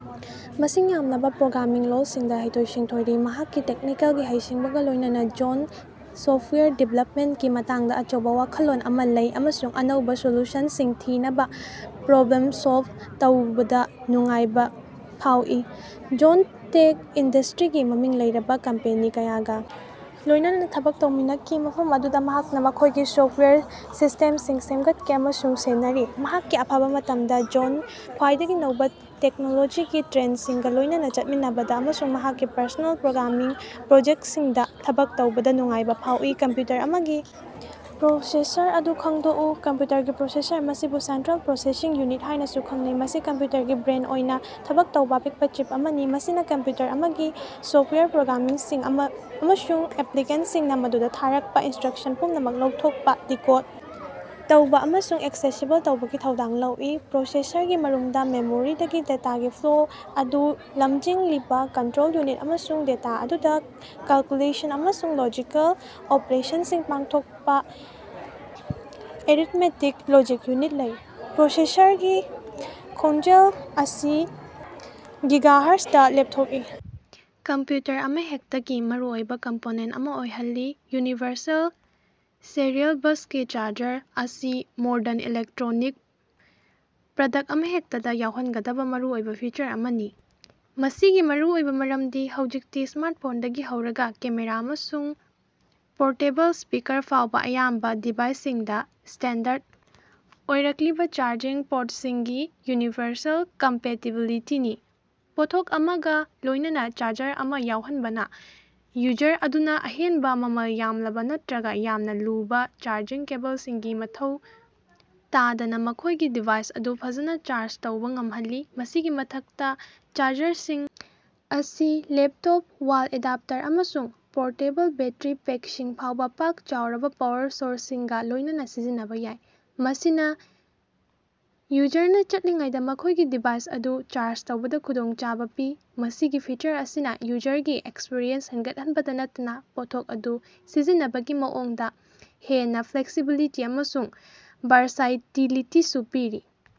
ꯃꯁꯤꯡ ꯌꯥꯝꯂꯕꯥ ꯄ꯭ꯔꯣꯒ꯭ꯔꯥꯃꯤꯡ ꯂꯣꯜꯁꯤꯡꯗꯥ ꯍꯩꯊꯣꯏ-ꯁꯤꯡꯊꯣꯏꯔꯤ꯫ ꯃꯍꯥꯛꯀꯤ ꯇꯦꯛꯅꯤꯀꯦꯜꯒꯤ ꯍꯩꯁꯤꯡꯕꯒꯥ ꯂꯣꯏꯅꯅꯥ ꯖꯣꯟꯗꯥ ꯁꯣꯐꯋꯦꯌꯔ ꯗꯤꯕꯦꯂꯞꯃꯦꯟꯇꯀꯤ ꯃꯇꯥꯡꯗꯥ ꯑꯆꯧꯕꯥ ꯋꯥꯈꯜꯂꯣꯟ ꯑꯃꯥ ꯂꯩ ꯑꯃꯁꯨꯡ ꯑꯅꯧꯕꯥ ꯁꯣꯂꯨꯁꯟꯁꯤꯡ ꯊꯤꯅꯕꯥ ꯄ꯭ꯔꯣꯕ꯭ꯂꯦꯝ ꯁꯣꯜꯕ ꯇꯧꯕꯗꯥ ꯅꯨꯡꯉꯥꯏꯕꯥ ꯐꯥꯎꯏ꯫ ꯖꯣꯟ ꯇꯦꯛ ꯏꯟꯗꯁꯇ꯭ꯔꯤꯒꯤ ꯃꯃꯤꯡ ꯂꯩꯔꯕꯥ ꯀꯝꯄꯦꯅꯤ ꯀꯌꯥꯒꯥ ꯂꯣꯏꯅꯅꯥ ꯊꯕꯛ ꯇꯧꯃꯤꯟꯅꯈꯤ ꯃꯐꯝ ꯑꯗꯨꯗꯥ ꯃꯍꯥꯛꯅꯥ ꯃꯈꯣꯏꯒꯤ ꯁꯣꯐꯋꯦꯌꯔ ꯁꯤꯁꯇꯦꯝꯁꯤꯡ ꯁꯦꯝꯒꯠꯈꯤ ꯑꯃꯁꯨꯡ ꯁꯦꯟꯅꯔꯤ꯫ ꯃꯍꯥꯛꯀꯤ ꯑꯐꯕꯥ ꯃꯇꯝꯗꯥ, ꯖꯣꯟ ꯈ꯭ꯋꯥꯏꯗꯒꯤ ꯅꯧꯕꯥ ꯇꯦꯛꯅꯣꯂꯣꯖꯤꯒꯤ ꯇ꯭ꯔꯦꯟꯗꯁꯤꯡꯒꯥ ꯂꯣꯏꯅꯅꯥ ꯆꯠꯃꯤꯟꯅꯕꯗꯥ ꯑꯃꯁꯨꯡ ꯃꯍꯥꯛꯀꯤ ꯄꯔꯁꯣꯅꯦꯜ ꯄ꯭ꯔꯣꯒ꯭ꯔꯥꯃꯤꯡ ꯄ꯭ꯔꯣꯖꯦꯛꯇꯁꯤꯡꯗꯥ ꯊꯕꯛ ꯇꯧꯕꯗꯥ ꯅꯨꯡꯉꯥꯏꯕꯥ ꯐꯥꯎꯏ꯫ ꯀꯝꯄ꯭ꯌꯨꯇꯔ ꯑꯃꯒꯤ ꯄ꯭ꯔꯣꯁꯦꯁꯔ ꯑꯗꯨ ꯈꯪꯗꯣꯛꯎ꯫ ꯀꯝꯄ꯭ꯌꯨꯇꯔꯒꯤ ꯄ꯭ꯔꯣꯁꯦꯁꯔ, ꯃꯁꯤꯕꯨ ꯁꯦꯟꯇ꯭ꯔꯦꯜ ꯄ꯭ꯔꯣꯁꯦꯁꯤꯡ ꯌꯨꯅꯤꯠ ꯍꯥꯏꯅꯥꯁꯨ ꯈꯪꯅꯩ, ꯃꯁꯤ ꯀꯝꯄ꯭ꯌꯨꯇꯔꯒꯤ ꯕ꯭ꯔꯦꯟ ꯑꯣꯏꯅꯥ ꯊꯕꯛ ꯇꯧꯕꯥ ꯑꯄꯤꯛꯄꯥ ꯆꯤꯞ ꯑꯃꯅꯤ꯫ ꯃꯁꯤꯅꯥ ꯀꯝꯄ꯭ꯌꯨꯇꯔ ꯑꯃꯒꯤ ꯁꯣꯐꯇꯋꯥꯌꯔ ꯄ꯭ꯔꯣꯒ꯭ꯔꯥꯃꯤꯡꯁꯤꯡ ꯑꯃꯁꯨꯡ ꯑꯦꯄ꯭ꯂꯤꯀꯦꯁꯟꯁꯤꯡꯅꯥ ꯃꯗꯨꯗꯥ ꯊꯥꯔꯛꯄꯥ ꯏꯟꯁꯇ꯭ꯔꯛꯁꯟ ꯄꯨꯝꯅꯃꯛ ꯂꯧꯊꯣꯛꯄꯥ, ꯗꯤꯀꯣꯗ ꯇꯧꯕꯥ ꯑꯃꯁꯨꯡ ꯑꯦꯛꯁꯦꯁꯤꯕꯜ ꯇꯧꯕꯒꯤ ꯊꯧꯗꯥꯡ ꯂꯧꯏ꯫ ꯄ꯭ꯔꯣꯁꯦꯁꯔꯒꯤ ꯃꯔꯨꯝꯗꯥ ꯃꯦꯃꯣꯔꯤꯗꯒꯤ ꯗꯦꯇꯥꯒꯤ ꯐ꯭ꯂꯣ ꯑꯗꯨ ꯂꯃꯖꯤꯡꯂꯤꯕꯥ ꯀꯟꯇ꯭ꯔꯣꯜ ꯌꯨꯅꯤꯠ ꯑꯃꯁꯨꯡ ꯗꯦꯇꯥ ꯑꯗꯨꯗꯥ ꯀꯦꯜꯀꯨꯂꯦꯁꯟ ꯑꯃꯁꯨꯡ ꯂꯣꯖꯤꯀꯦꯜ ꯑꯣꯄꯔꯦꯁꯟꯁꯤꯡ ꯄꯥꯡꯊꯣꯛꯄꯥ ꯑꯦꯔꯤꯠꯃꯦꯇꯤꯛ ꯂꯣꯖꯤꯛ ꯌꯨꯅꯤꯠ ꯂꯩ꯫ ꯄ꯭ꯔꯣꯁꯦꯁꯔꯒꯤ ꯈꯣꯡꯖꯦꯜ ꯑꯁꯤ ꯒꯤꯒꯥꯍꯔꯖ ꯗꯥ ꯂꯦꯞꯊꯣꯛꯏ ꯀꯝꯄ꯭ꯌꯨꯇꯔ ꯑꯃꯍꯦꯛꯇꯒꯤ ꯃꯔꯨꯑꯣꯏꯕꯥ ꯀꯝꯄꯣꯅꯦꯟꯇ ꯑꯃꯥ ꯑꯣꯏꯍꯜꯂꯤ꯫ ꯌꯨꯅꯤꯕꯔꯁꯦꯜ ꯁꯦꯔꯤꯑꯦꯜ ꯕꯁꯒꯤ ꯆꯥꯔꯖꯔ ꯑꯁꯤ ꯃꯣꯔꯗꯟ ꯏꯂꯦꯛꯇ꯭ꯔꯣꯅꯤꯛ ꯄ꯭ꯔꯗꯛꯇ ꯑꯃꯍꯦꯛꯇꯗꯥ ꯌꯥꯎꯍꯟꯒꯗꯕꯥ ꯃꯔꯨꯑꯣꯏꯕꯥ ꯐꯤꯆꯔ ꯑꯃꯅꯤ꯫ ꯃꯁꯤꯒꯤ ꯃꯔꯨꯑꯣꯏꯕꯥ ꯃꯔꯝꯗꯤ ꯍꯧꯖꯤꯛꯇꯤ ꯁ꯭ꯃꯥꯔꯠꯐꯣꯟꯗꯒꯤ ꯍꯧꯔꯒꯥ ꯀꯦꯃꯦꯔꯥ ꯑꯃꯁꯨꯡ ꯄꯣꯔꯇꯦꯕꯜ ꯁ꯭ꯄꯤꯀꯥꯔ ꯐꯥꯎꯕꯥ ꯑꯌꯥꯝꯕꯥ ꯗꯤꯚꯥꯏꯁꯁꯤꯡꯗꯥ ꯁ꯭ꯇꯦꯟꯗꯔꯠ ꯑꯣꯏꯔꯛꯂꯤꯕꯥ ꯆꯥꯔꯖꯤꯡ ꯄꯣꯔꯠꯁꯤꯡꯒꯤ ꯌꯨꯅꯤꯚꯔꯁꯦꯜ ꯀꯝꯄꯦꯇꯤꯕꯤꯂꯤꯇꯤꯅꯤ꯫ ꯄꯣꯠꯊꯣꯛ ꯑꯃꯒꯥ ꯂꯣꯏꯅꯅꯥ ꯆꯥꯔꯖꯔ ꯑꯃꯥ ꯌꯥꯎꯍꯟꯕꯅꯥ ꯌꯨꯖꯔ ꯑꯗꯨꯅꯥ ꯑꯍꯦꯟꯕꯥ, ꯃꯃꯜ ꯌꯥꯝꯂꯕꯥ ꯅꯠꯇ꯭ꯔꯒꯥ ꯌꯥꯝꯅꯥ ꯂꯨꯕꯥ ꯆꯥꯔꯖꯤꯡ ꯀꯦꯕꯜꯁꯤꯡꯒꯤ ꯃꯊꯧ ꯇꯥꯗꯅꯥ ꯃꯈꯣꯏꯒꯤ ꯗꯤꯚꯥꯏꯁ ꯑꯗꯨ ꯐꯖꯅꯥ ꯆꯥꯔꯖ ꯇꯧꯕꯥ ꯉꯝꯍꯜꯂꯤ꯫ ꯃꯁꯤꯒꯤ ꯃꯊꯛꯇꯥ, ꯆꯥꯔꯖꯔꯁꯤꯡ ꯑꯁꯤ ꯂꯦꯞꯇꯣꯞ, ꯋꯥꯜ ꯑꯦꯗꯥꯞꯇꯔ, ꯑꯃꯁꯨꯡ ꯄꯣꯔꯇꯦꯕꯜ ꯕꯦꯠꯇꯔꯤ ꯄꯦꯛꯁꯤꯡ ꯐꯥꯎꯕꯥ ꯄꯥꯛ-ꯆꯥꯎꯔꯕꯥ ꯄꯥꯋꯔ ꯁꯣꯔꯁꯁꯤꯡꯒꯥ ꯂꯣꯏꯅꯅꯥ ꯁꯤꯖꯤꯟꯅꯕꯥ ꯌꯥꯏ, ꯃꯁꯤꯅꯥ ꯌꯨꯖꯔꯅꯥ ꯆꯠꯂꯤꯉꯩꯗꯥ ꯃꯈꯣꯏꯒꯤ ꯗꯤꯚꯥꯏꯁ ꯑꯗꯨ ꯆꯥꯔꯖ ꯇꯧꯕꯗꯥ ꯈꯨꯗꯣꯡꯆꯥꯕ ꯄꯤ꯫ ꯃꯁꯤꯒꯤ ꯐꯤꯆꯔ ꯑꯁꯤꯅꯥ ꯌꯨꯖꯔꯒꯤ ꯑꯦꯛꯁꯄꯤꯔꯤꯑꯦꯟꯁ ꯍꯦꯟꯒꯠꯍꯟꯕꯇꯥ ꯅꯠꯇꯅꯥ ꯄꯣꯠꯊꯣꯛ ꯑꯗꯨ ꯁꯤꯖꯤꯟꯅꯕꯒꯤ ꯃꯑꯣꯡꯗꯥ ꯍꯦꯟꯅꯥ ꯐ꯭ꯂꯦꯛꯁꯤꯕꯤꯂꯤꯇꯤ ꯑꯃꯁꯨꯡ ꯕꯥꯔꯁꯥꯏꯇꯤꯂꯤꯇꯤꯁꯨ ꯄꯤꯔꯤ꯫